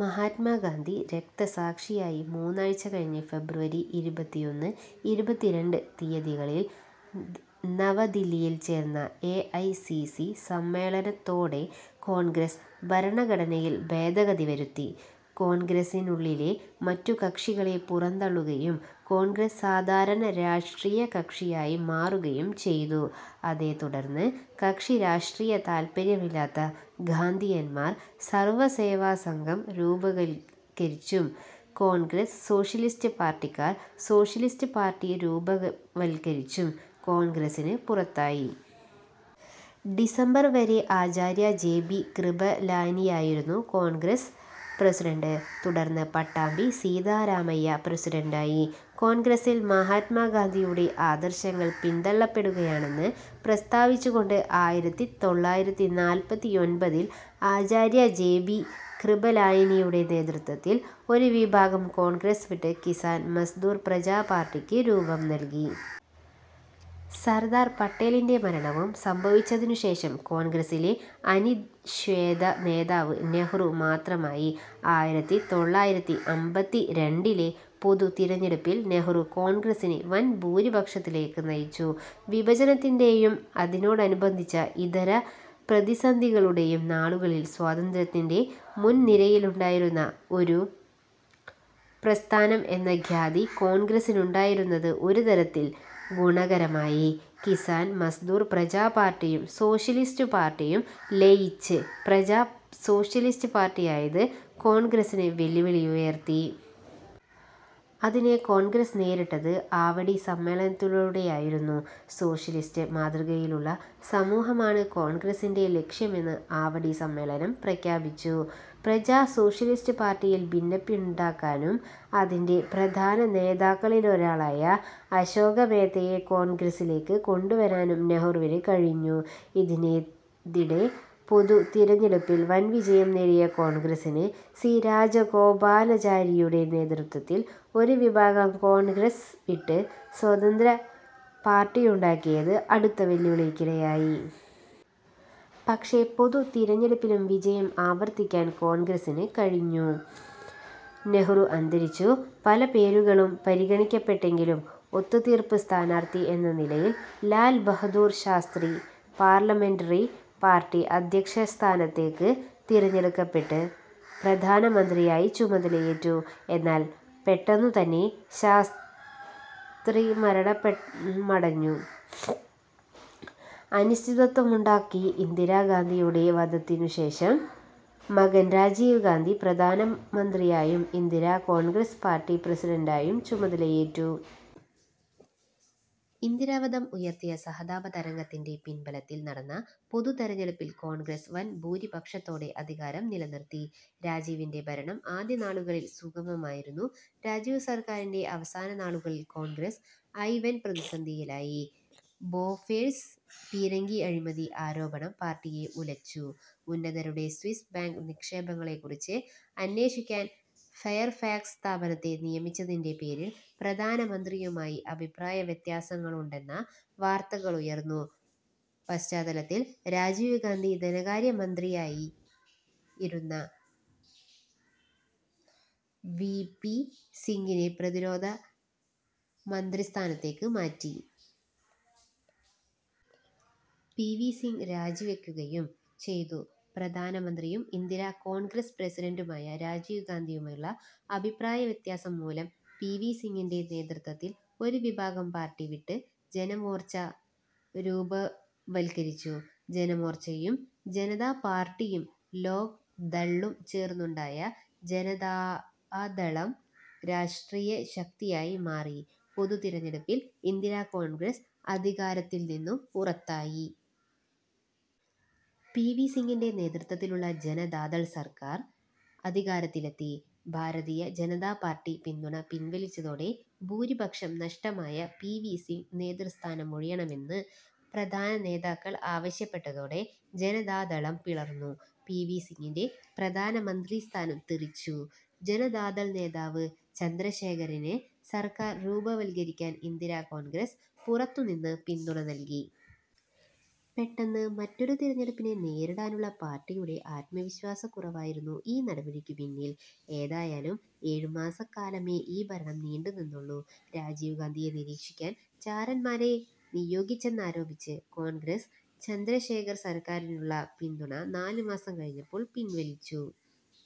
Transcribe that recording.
മഹാത്മാ ഗാന്ധി രക്തസാക്ഷിയായി മൂന്നാഴ്ച കഴിഞ്ഞ് ഫെബ്രുവരി ഇരുപത്തിയൊന്ന്, ഇരുപത്തിരണ്ട് തീയതികളിൽ നവദില്ലിയിൽ ചേർന്ന എ ഐ സി സി സമ്മേളനത്തോടെ കോൺഗ്രസ് ഭരണഘടനയിൽ ഭേദഗതി വരുത്തി കോൺഗ്രസിനുള്ളിലെ മറ്റു കക്ഷികളെ പുറന്തള്ളുകയും കോൺഗ്രസ് സാധാരണ രാഷ്ട്രീയ കക്ഷിയായി മാറുകയും ചെയ്തു. അതേത്തുടർന്ന് കക്ഷിരാഷ്ട്രീയ താൽപര്യമില്ലാത്ത ഗാന്ധിയന്മാർ സർവ സേവാ സംഘം രൂപവൽക്കരിച്ചും കോൺഗ്രസ് സോഷ്യലിസ്റ്റ് പാർട്ടിക്കാർ സോഷ്യലിസ്റ്റ് പാർട്ടി രൂപവൽക്കരിച്ചും കോൺഗ്രസിന് പുറത്തായി. ഡിസംബർ വരെ ആചാര്യ ജെ ബി കൃപലാനിയായിരുന്നു കോൺഗ്രസ് പ്രസിഡന്റ്. തുടർന്ന് പട്ടാഭി സീതാരാമയ്യ പ്രസിഡന്റായി. കോൺഗ്രസിൽ മഹാത്മാഗാന്ധിയുടെ ആദർശങ്ങൾ പിന്തള്ളപ്പെടുകയാണെന്ന് പ്രസ്താവിച്ചുകൊണ്ട് ആയിരത്തി തൊള്ളായിരത്തി നാല്പത്തിയൊൻപതിൽ ആചാര്യ ജെ ബി കൃപലായിനിയുടെ നേതൃത്വത്തിൽ ഒരുവിഭാഗം കോൺഗ്രസ് വിട്ട് കിസാൻ മസ്ദൂർ പ്രജാ പാർട്ടിക്ക് രൂപം നൽകി. സർദാർ പട്ടേലിൻ്റെ മരണവും സംഭവിച്ചതിനുശേഷം കോൺഗ്രസിലെ അനിഷേധ്യ നേതാവ് നെഹ്രു മാത്രമായി. ആയിരത്തി തൊള്ളായിരത്തി അമ്പത്തിരണ്ടിലെ പൊതു തിരഞ്ഞെടുപ്പിൽ നെഹ്രു കോൺഗ്രസിനെ വൻഭൂരിപക്ഷത്തിലേക്ക് നയിച്ചു. വിഭജനത്തിൻ്റെ യും അതിനോടനുബന്ധിച്ച ഇതര പ്രതിസന്ധികളുടെയും നാളുകളിൽ സ്വാതന്ത്ര്യത്തിന്റെ മുൻനിരയിലുണ്ടായിരുന്ന ഒരു പ്രസ്ഥാനം എന്ന ഖ്യാതി കോൺഗ്രസിനുണ്ടായിരുന്നത് ഒരുതരത്തിൽ ഗുണകരമായി. കിസാൻ മസ്ദൂർ പ്രജാ പാർട്ടിയും സോഷ്യലിസ്റ്റ് പാർട്ടിയും ലയിച്ച് പ്രജാ സോഷ്യലിസ്റ്റ് പാർട്ടിയായത് കോൺഗ്രസിന് വെല്ലുവിളിയുയർത്തി. അതിനെ കോൺഗ്രസ് നേരിട്ടത് ആവടി സമ്മേളനത്തിലൂടെയായിരുന്നു. സോഷ്യലിസ്റ്റ് മാതൃകയിലുള്ള സമൂഹമാണ് കോൺഗ്രസിൻ്റെ ലക്ഷ്യമെന്ന് ആവടി സമ്മേളനം പ്രഖ്യാപിച്ചു. പ്രജാ സോഷ്യലിസ്റ്റ് പാർട്ടിയിൽ ഭിന്നിപ്പുണ്ടാക്കാനും അതിൻ്റെ പ്രധാന നേതാക്കളിലൊരാളായ അശോക മേതയെ കോൺഗ്രസിലേക്ക് കൊണ്ടുവരാനും നെഹ്റുവിന് കഴിഞ്ഞു. ഇതിനിടെ പൊതു തിരഞ്ഞെടുപ്പിൽ വൻവിജയം നേടിയ കോൺഗ്രസിന് സി രാജഗോപാലാചാരിയുടെ നേതൃത്വത്തിൽ ഒരു വിഭാഗം കോൺഗ്രസ് വിട്ട് സ്വതന്ത്ര പാർട്ടിയുണ്ടാക്കിയത് അടുത്ത വെല്ലുവിളിക്കിടയായി. പക്ഷേ, പൊതു തിരഞ്ഞെടുപ്പിലും വിജയം ആവർത്തിക്കാൻ കോൺഗ്രസിന് കഴിഞ്ഞു. നെഹ്റു അന്തരിച്ചു. പല പേരുകളും പരിഗണിക്കപ്പെട്ടെങ്കിലും ഒത്തുതീർപ്പ് സ്ഥാനാർഥി എന്ന നിലയിൽ ലാൽ ബഹാദൂർ ശാസ്ത്രി പാർലമെന്ററി പാർട്ടി അധ്യക്ഷസ്ഥാനത്തേക്ക് തിരഞ്ഞെടുക്കപ്പെട്ട് പ്രധാനമന്ത്രിയായി ചുമതലയേറ്റു. എന്നാൽ പെട്ടെന്നുതന്നെ ശാസ്ത്രി മരണപേ മടഞ്ഞു അനിശ്ചിതത്വമുണ്ടാക്കി. ഇന്ദിരാ ഗാന്ധിയുടെ വധത്തിനുശേഷം മകൻ രാജീവ് ഗാന്ധി പ്രധാനമന്ത്രിയായും ഇന്ദിരാ കോൺഗ്രസ് പാർട്ടി പ്രസിഡന്റായും ചുമതലയേറ്റു. ഇന്ദിരാ വധം ഉയർത്തിയ സഹതാപതരംഗത്തിൻ്റെ പിൻബലത്തിൽ നടന്ന പൊതു തിരഞ്ഞെടുപ്പിൽ കോൺഗ്രസ് വൻഭൂരിപക്ഷത്തോടെ അധികാരം നിലനിർത്തി. രാജീവിൻ്റെ ഭരണം ആദ്യ നാളുകളിൽ സുഗമമായിരുന്നു. രാജീവ് സർക്കാരിൻ്റെ അവസാന നാളുകളിൽ കോൺഗ്രസ് ഐ വൻ പ്രതിസന്ധിയിലായി. ബോഫോഴ്സ് പീരങ്കി അഴിമതി ആരോപണം പാർട്ടിയെ ഉലച്ചു. ഉന്നതരുടെ സ്വിസ് ബാങ്ക് നിക്ഷേപങ്ങളെക്കുറിച്ച് അന്വേഷിക്കാൻ ഫെയർഫാക്സ് സ്ഥാപനത്തെ നിയമിച്ചതിൻ്റെ പേരിൽ പ്രധാനമന്ത്രിയുമായി അഭിപ്രായവ്യത്യാസങ്ങളുണ്ടെന്ന വാർത്തകളുയർന്ന പശ്ചാത്തലത്തിൽ രാജീവ് ഗാന്ധി ധനകാര്യ മന്ത്രിയായി ഇരുന്ന വി പി സിംഗിനെ പ്രതിരോധ മന്ത്രിസ്ഥാനത്തേക്ക് മാറ്റി. പി വി സിംഗ് രാജിവയ്ക്കുകയും ചെയ്തു. പ്രധാനമന്ത്രിയും ഇന്ദിരാ കോൺഗ്രസ് പ്രസിഡന്റുമായ രാജീവ് ഗാന്ധിയുമായുള്ള അഭിപ്രായവ്യത്യാസം മൂലം പി വി സിംഗിൻ്റെ നേതൃത്വത്തിൽ ഒരു വിഭാഗം പാർട്ടി വിട്ട് ജനമോർച്ച രൂപവൽക്കരിച്ചു. ജനമോർച്ചയും ജനതാ പാർട്ടിയും ലോക് ദള്ളു ചേർന്നുണ്ടായ ജനതാദളം രാഷ്ട്രീയശക്തിയായി മാറി. പൊതു തിരഞ്ഞെടുപ്പിൽ ഇന്ദിരാ കോൺഗ്രസ് അധികാരത്തിൽനിന്നും പുറത്തായി. പി വി സിംഗിൻ്റെ നേതൃത്വത്തിലുള്ള ജനതാദൾ സർക്കാർ അധികാരത്തിലെത്തി. ഭാരതീയ ജനതാ പാർട്ടി പിന്തുണ പിൻവലിച്ചതോടെ ഭൂരിപക്ഷം നഷ്ടമായ പി വി സിംഗ് നേതൃസ്ഥാനമൊഴിയണമെന്ന് പ്രധാനനേതാക്കൾ ആവശ്യപ്പെട്ടതോടെ ജനതാദളം പിളർന്നു. വി പി സിംഗിൻ്റെ പ്രധാനമന്ത്രിസ്ഥാനം തെറിച്ചു. ജനതാദൾ നേതാവ് ചന്ദ്രശേഖറിന് സർക്കാർ രൂപവത്കരിക്കാൻ ഇന്ദിരാ കോൺഗ്രസ് പുറത്തുനിന്ന് പിന്തുണ നൽകി. പെട്ടെന്ന് മറ്റൊരു തിരഞ്ഞെടുപ്പിനെ നേരിടാനുള്ള പാർട്ടിയുടെ ആത്മവിശ്വാസക്കുറവായിരുന്നു ഈ നടപടിക്കു പിന്നിൽ. ഏതായാലും ഏഴുമാസക്കാലമേ ഈ ഭരണം നീണ്ടുനിന്നുള്ളൂ. രാജീവ് ഗാന്ധിയെ നിരീക്ഷിക്കാൻ ചാരന്മാരെ നിയോഗിച്ചെന്നാരോപിച്ച് കോൺഗ്രസ് ചന്ദ്രശേഖർ സർക്കാരിനുള്ള പിന്തുണ നാലുമാസം കഴിഞ്ഞപ്പോൾ പിൻവലിച്ചു.